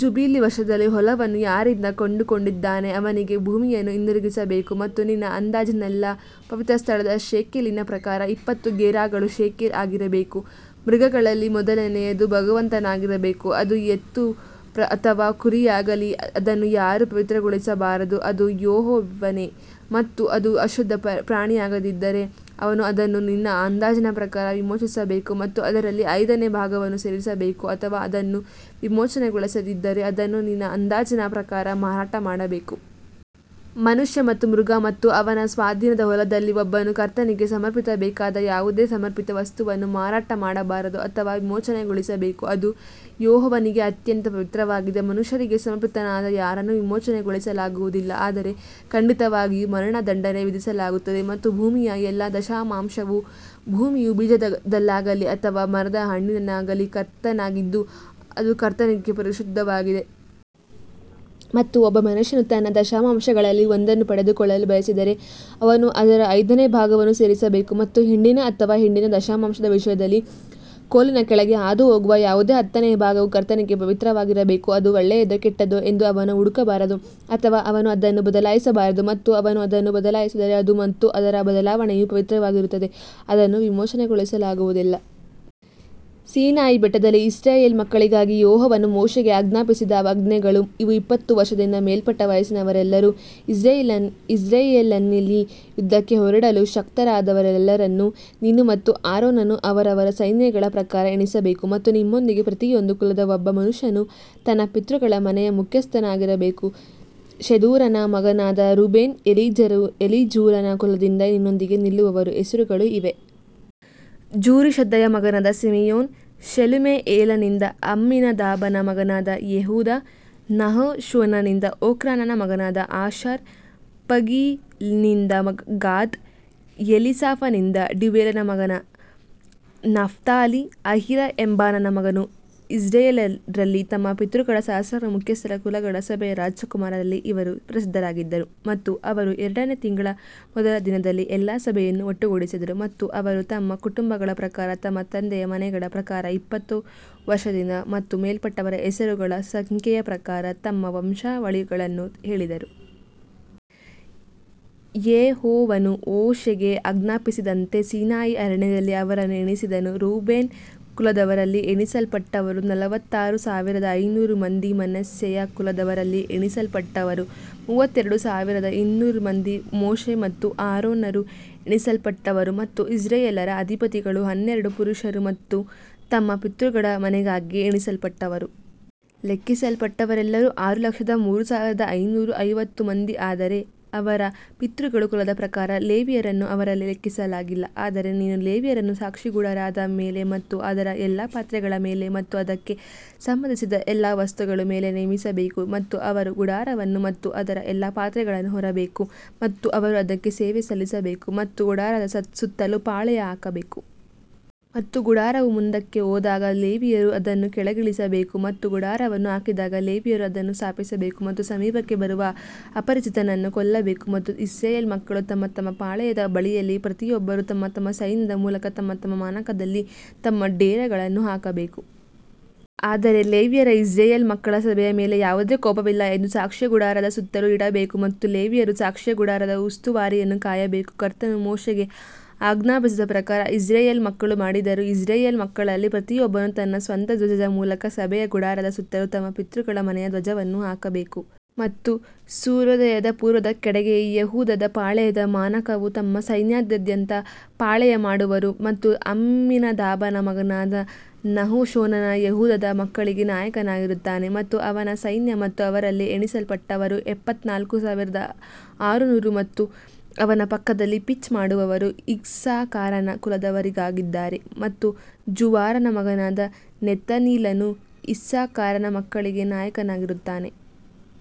Jubilee ವರ್ಷದಲ್ಲಿ ಹೊಲವನ್ನು ಯಾರಿಂದ ಕೊಂಡುಕೊಂಡಿದ್ದಾನೋ ಅವನಿಗೇ ಭೂಮಿಯನ್ನು ಹಿಂದಿರುಗಿಸಬೇಕು. ಮತ್ತು ನಿನ್ನ ಅಂದಾಜಿನೆಲ್ಲಾ ಪವಿತ್ರಸ್ಥಳದ ಶೇಕೆಲಿನ ಪ್ರಕಾರ ಇಪ್ಪತ್ತು ಗೆರಾಗಳು ಶೇಕೆಲ್ ಆಗಿರಬೇಕು. ಮೃಗಗಳಲ್ಲಿ ಮೊದಲನೆಯದು ಭಗವಂತನಾಗಿರಬೇಕು ಅದು ಎತ್ತು ಅಥವಾ ಕುರಿಯಾಗಿರಲಿ ಅದನ್ನು ಯಾರೂ ಪವಿತ್ರಗೊಳಿಸಬಾರದು ಅದು ಯೆಹೋವನೇ. ಮತ್ತು ಅದು ಅಶುದ್ಧ ಪ್ರಾಣಿಯಾಗಿದ್ದರೆ ಅವನು ಅದನ್ನು ನಿನ್ನ ಅಂದಾಜಿನ ಪ್ರಕಾರ ವಿಮೋಚಿಸಬೇಕು ಮತ್ತು ಅದರಲ್ಲಿ ಐದನೇ ಭಾಗವನ್ನು ಸೇರಿಸಬೇಕು ಅಥವಾ ಅದನ್ನು ವಿಮೋಚನೆಗೊಳಿಸದಿದ್ದರೆ ಅದನ್ನು ನಿನ್ನ ಅಂದಾಜಿನ ಪ್ರಕಾರ ಮಾರಾಟ ಮಾಡಬೇಕು. ಮನುಷ್ಯ ಮತ್ತು ಮೃಗ ಮತ್ತು ಅವನ ಸ್ವಾಧೀನದ ಹೊಲದಲ್ಲಿ ಒಬ್ಬನು ಕರ್ತನಿಗೆ ಸಮರ್ಪಿಸಬೇಕಾದ ಯಾವುದೇ ಸಮರ್ಪಿತ ವಸ್ತುವನ್ನು ಮಾರಾಟ ಮಾಡಬಾರದು ಅಥವಾ ವಿಮೋಚನೆಗೊಳಿಸಬೇಕು ಅದು ಯೆಹೋವನಿಗೆ ಅತ್ಯಂತ ಪವಿತ್ರವಾಗಿದೆ. ಮನುಷ್ಯರಿಗೆ ಸಮರ್ಪಿತನಾದ ಯಾರನ್ನೂ ವಿಮೋಚನೆಗೊಳಿಸಲಾಗುವುದಿಲ್ಲ ಆದರೆ ಖಂಡಿತವಾಗಿಯೂ ಮರಣದಂಡನೆ ವಿಧಿಸಲಾಗುತ್ತದೆ ಮತ್ತು ಭೂಮಿಯ ಎಲ್ಲಾ ದಶಮಾಂಶವು ಭೂಮಿಯ ಬೀಜದಲ್ಲಾಗಲಿ ಅಥವಾ ಮರದ ಹಣ್ಣಿನಲ್ಲಾಗಲಿ ಕರ್ತನಾಗಿದ್ದು ಅದು ಕರ್ತನಿಗೆ ಪರಿಶುದ್ಧವಾಗಿದೆ. ಮತ್ತು ಒಬ್ಬ ಮನುಷ್ಯನು ತನ್ನ ದಶಮಾಂಶಗಳಲ್ಲಿ ಒಂದನ್ನು ಪಡೆದುಕೊಳ್ಳಲು ಬಯಸಿದರೆ ಅವನು ಅದರ ಐದನೇ ಭಾಗವನ್ನು ಸೇರಿಸಬೇಕು. ಮತ್ತು ಹಿಂಡಿನ ಅಥವಾ ಹಿಂಡಿನ ದಶಮಾಂಶದ ವಿಷಯದಲ್ಲಿ, ಕೋಲಿನ ಕೆಳಗೆ ಹಾದುಹೋಗುವ ಯಾವುದೇ ಹತ್ತನೆಯ ಭಾಗವು ಕರ್ತನಿಗೆ ಪವಿತ್ರವಾಗಿರಬೇಕು. ಅದು ಒಳ್ಳೆಯದೋ ಕೆಟ್ಟದ್ದೋ ಎಂದು ಅವನು ಹುಡುಕಬಾರದು ಅಥವಾ ಅವನು ಅದನ್ನು ಬದಲಾಯಿಸಬಾರದು ಮತ್ತು ಅವನು ಅದನ್ನು ಬದಲಾಯಿಸಿದರೆ ಅದು ಮತ್ತು ಅದರ ಬದಲಾವಣೆಯು ಪವಿತ್ರವಾಗಿರುತ್ತದೆ ಅದನ್ನು ವಿಮೋಚನೆಗೊಳಿಸಲಾಗುವುದಿಲ್ಲ. ಸೀನಾಯಿ ಬೆಟ್ಟದಲ್ಲಿ ಇಸ್ರಾಯೇಲ್ ಮಕ್ಕಳಿಗಾಗಿ ಯೆಹೋವನು ಮೋಶೆಗೆ ಆಜ್ಞಾಪಿಸಿದ ಆಜ್ಞೆಗಳು ಇವು ಇಪ್ಪತ್ತು ವರ್ಷದಿಂದ ಮೇಲ್ಪಟ್ಟ ವಯಸ್ಸಿನವರೆಲ್ಲರೂ ಇಸ್ರಾಯೇಲಿನಲ್ಲಿ ಯುದ್ಧಕ್ಕೆ ಹೊರಡಲು ಶಕ್ತರಾದವರೆಲ್ಲರನ್ನು ನೀನು ಮತ್ತು ಆರೋನನು ಅವರವರ ಸೈನ್ಯಗಳ ಪ್ರಕಾರ ಎಣಿಸಬೇಕು. ಮತ್ತು ನಿಮ್ಮೊಂದಿಗೆ ಪ್ರತಿಯೊಂದು ಕುಲದ ಒಬ್ಬ ಮನುಷ್ಯನು ತನ್ನ ಪಿತೃಗಳ ಮನೆಯ ಮುಖ್ಯಸ್ಥನಾಗಿರಬೇಕು ಶೆದೂರನ ಮಗನಾದ ರೂಬೇನ್ ಎಲೀಜೂರನ ಕುಲದಿಂದ ನಿನ್ನೊಂದಿಗೆ ನಿಲ್ಲುವವರ ಹೆಸರುಗಳು ಇವೇ. ಜುರಿಶದ್ದೈಯ ಮಗನಾದ ಸಿಮಿಯೋನ್ ಶೆಲುಮಿಯೇಲನಿಂದ ಅಮ್ಮಿನದಾಬನ ಮಗನಾದ ಯೆಹೂದ ನಹಶೋನನಿಂದ ಓಕ್ರಾನನ ಮಗನಾದ ಆಶರ್ ಪಗೀಲ್ನಿಂದ ಗಾದ್ ಎಲೀಸಾಫನಿಂದ ಡ್ಯೂವೇಲನ ಮಗ ನಫ್ತಾಲಿ ಅಹೀರ ಎಂಬಾನನ ಮಗನು ಇಸ್ರಾಯೇಲ್ಯರಲ್ಲಿ ತಮ್ಮ ಪಿತೃಗಳ ಸಹಸ್ರಾರು ಮುಖ್ಯಸ್ಥರ ಕುಲಗಳ ಸಭೆಯ ರಾಜಕುಮಾರರಲ್ಲಿ ಇವರು ಪ್ರಸಿದ್ಧರಾಗಿದ್ದರು. ಮತ್ತು ಅವರು ಎರಡನೇ ತಿಂಗಳ ಮೊದಲ ದಿನದಲ್ಲಿ ಎಲ್ಲಾ ಸಭೆಯನ್ನು ಒಟ್ಟುಗೂಡಿಸಿದರು ಮತ್ತು ಅವರು ತಮ್ಮ ಕುಟುಂಬಗಳ ಪ್ರಕಾರ ತಮ್ಮ ತಂದೆಯ ಮನೆಗಳ ಪ್ರಕಾರ ಇಪ್ಪತ್ತು ವರ್ಷದಿಂದ ಮತ್ತು ಮೇಲ್ಪಟ್ಟವರ ಹೆಸರುಗಳ ಸಂಖ್ಯೆಯ ಪ್ರಕಾರ ತಮ್ಮ ವಂಶಾವಳಿಗಳನ್ನು ಹೇಳಿದರು. ಯೆಹೋವನು ಮೋಶೆಗೆ ಆಜ್ಞಾಪಿಸಿದಂತೆ ಸೀನಾಯಿ ಅರಣ್ಯದಲ್ಲಿ ಅವರನ್ನು ಎಣಿಸಿದನು ರೂಬೇನ್ ಕುಲದವರಲ್ಲಿ ಎಣಿಸಲ್ಪಟ್ಟವರು ನಲವತ್ತಾರು ಸಾವಿರದ ಐನೂರು ಮಂದಿ ಮನಸ್ಸೆಯ ಕುಲದವರಲ್ಲಿ ಎಣಿಸಲ್ಪಟ್ಟವರು ಮೂವತ್ತೆರಡು ಸಾವಿರದ ಇನ್ನೂರು ಮಂದಿ ಮೋಶೆ ಮತ್ತು ಆರೋನರು ಎಣಿಸಲ್ಪಟ್ಟವರು ಮತ್ತು ಇಸ್ರಾಯೇಲ್ಯರ ಅಧಿಪತಿಗಳು ಹನ್ನೆರಡು ಪುರುಷರು ತಮ್ಮ ಪಿತೃಗಳ ಮನೆಗಾಗಿ ಎಣಿಸಲ್ಪಟ್ಟವರು. ಲೆಕ್ಕಿಸಲ್ಪಟ್ಟವರೆಲ್ಲರೂ ಆರು ಲಕ್ಷದ ಮೂರು ಸಾವಿರದ ಐನೂರ ಐವತ್ತು ಮಂದಿ ಆದರೆ ಅವರ ಪಿತೃಗಳ ಕುಲದ ಪ್ರಕಾರ ಲೇವಿಯರನ್ನು ಅವರಲ್ಲಿ ಲೆಕ್ಕಿಸಲಾಗಿಲ್ಲ ಆದರೆ ನೀನು ಲೇವಿಯರನ್ನು ಸಾಕ್ಷಿಗುಡಾರದ ಮೇಲೆ ಮತ್ತು ಅದರ ಎಲ್ಲಾ ಪಾತ್ರೆಗಳ ಮೇಲೆ ಮತ್ತು ಅದಕ್ಕೆ ಸಂಬಂಧಿಸಿದ ಎಲ್ಲಾ ವಸ್ತುಗಳ ಮೇಲೆ ನೇಮಿಸಬೇಕು ಮತ್ತು ಅವರು ಗುಡಾರವನ್ನು ಮತ್ತು ಅದರ ಎಲ್ಲಾ ಪಾತ್ರೆಗಳನ್ನು ಹೊರಬೇಕು ಮತ್ತು ಅವರು ಅದಕ್ಕೆ ಸೇವೆ ಸಲ್ಲಿಸಬೇಕು ಮತ್ತು ಗುಡಾರದ ಸುತ್ತಲೂ ಪಾಳೆಯ ಹಾಕಬೇಕು. ಮತ್ತು ಗುಡಾರವು ಮುಂದಕ್ಕೆ ಹೋದಾಗ ಲೇವಿಯರು ಅದನ್ನು ಕೆಳಗಿಳಿಸಬೇಕು ಮತ್ತು ಗುಡಾರವನ್ನು ಹಾಕಿದಾಗ ಲೇವಿಯರು ಅದನ್ನು ಸ್ಥಾಪಿಸಬೇಕು ಮತ್ತು ಸಮೀಪಕ್ಕೆ ಬರುವ ಅಪರಿಚಿತನನ್ನು ಕೊಲ್ಲಬೇಕು. ಮತ್ತು ಇಸ್ರಾಯೇಲ್ ಮಕ್ಕಳು ತಮ್ಮ ತಮ್ಮ ಪಾಳೆಯದ ಬಳಿಯಲ್ಲಿ ಪ್ರತಿಯೊಬ್ಬರು ತಮ್ಮ ತಮ್ಮ ಸೈನ್ಯದ ಮೂಲಕ ತಮ್ಮ ತಮ್ಮ ಮಾನಕದಲ್ಲಿ ತಮ್ಮ ಡೇರೆಗಳನ್ನು ಹಾಕಬೇಕು. ಆದರೆ ಲೇವಿಯರು ಇಸ್ರಾಯೇಲ್ ಮಕ್ಕಳ ಸಭೆಯ ಮೇಲೆ ಯಾವುದೇ ಕೋಪವಿಲ್ಲ ಎಂದು ಸಾಕ್ಷಿಯ ಗುಡಾರದ ಸುತ್ತಲೂ ಇಡಬೇಕು ಮತ್ತು ಲೇವಿಯರು ಸಾಕ್ಷಿಯ ಗುಡಾರದ ಉಸ್ತುವಾರಿಯನ್ನು ಕಾಯಬೇಕು. ಕರ್ತನು ಮೋಶೆಗೆ ಆಜ್ಞಾಪಿಸಿದ ಪ್ರಕಾರ ಇಸ್ರಾಯೇಲ್ ಮಕ್ಕಳು ಮಾಡಿದರು ಇಸ್ರಾಯೇಲ್ ಮಕ್ಕಳಲ್ಲಿ ಪ್ರತಿಯೊಬ್ಬನು ತನ್ನ ಸ್ವಂತ ಧ್ವಜದ ಮೂಲಕ ಸಭೆಯ ಗುಡಾರದ ಸುತ್ತಲೂ ತಮ್ಮ ಪಿತೃಗಳ ಮನೆಯ ಧ್ವಜವನ್ನು ಹಾಕಬೇಕು. ಮತ್ತು ಸೂರ್ಯೋದಯದ ಪೂರ್ವದ ಕಡೆಗೆ ಯೆಹೂದದ ಪಾಳೆಯದ ಮಾನಕವು ತಮ್ಮ ಸೈನ್ಯದಾದ್ಯಂತ ಪಾಳೆಯಮಾಡುವರು ಮತ್ತು ಅಮ್ಮಿನದಾಬನ ಮಗನಾದ ನಹಶೋನನು ಯೆಹೂದದ ಮಕ್ಕಳಿಗೆ ನಾಯಕನಾಗಿರುತ್ತಾನೆ. ಮತ್ತು ಅವನ ಸೈನ್ಯ ಮತ್ತು ಅವರಲ್ಲಿ ಎಣಿಸಲ್ಪಟ್ಟವರು ಎಪ್ಪತ್ತನಾಲ್ಕು ಸಾವಿರದ ಆರುನೂರು ಮತ್ತು ಅವನ ಪಕ್ಕದಲ್ಲಿ ಪಿಚ್ ಮಾಡುವವರು ಇಸ್ಸಾಕಾರನ ಕುಲದವರಾಗಿದ್ದಾರೆ ಮತ್ತು ಜುವಾರನ ಮಗನಾದ ನೆತನೀಲನು ಇಸ್ಸಾಕಾರನ ಮಕ್ಕಳಿಗೆ ನಾಯಕನಾಗಿರುತ್ತಾನೆ.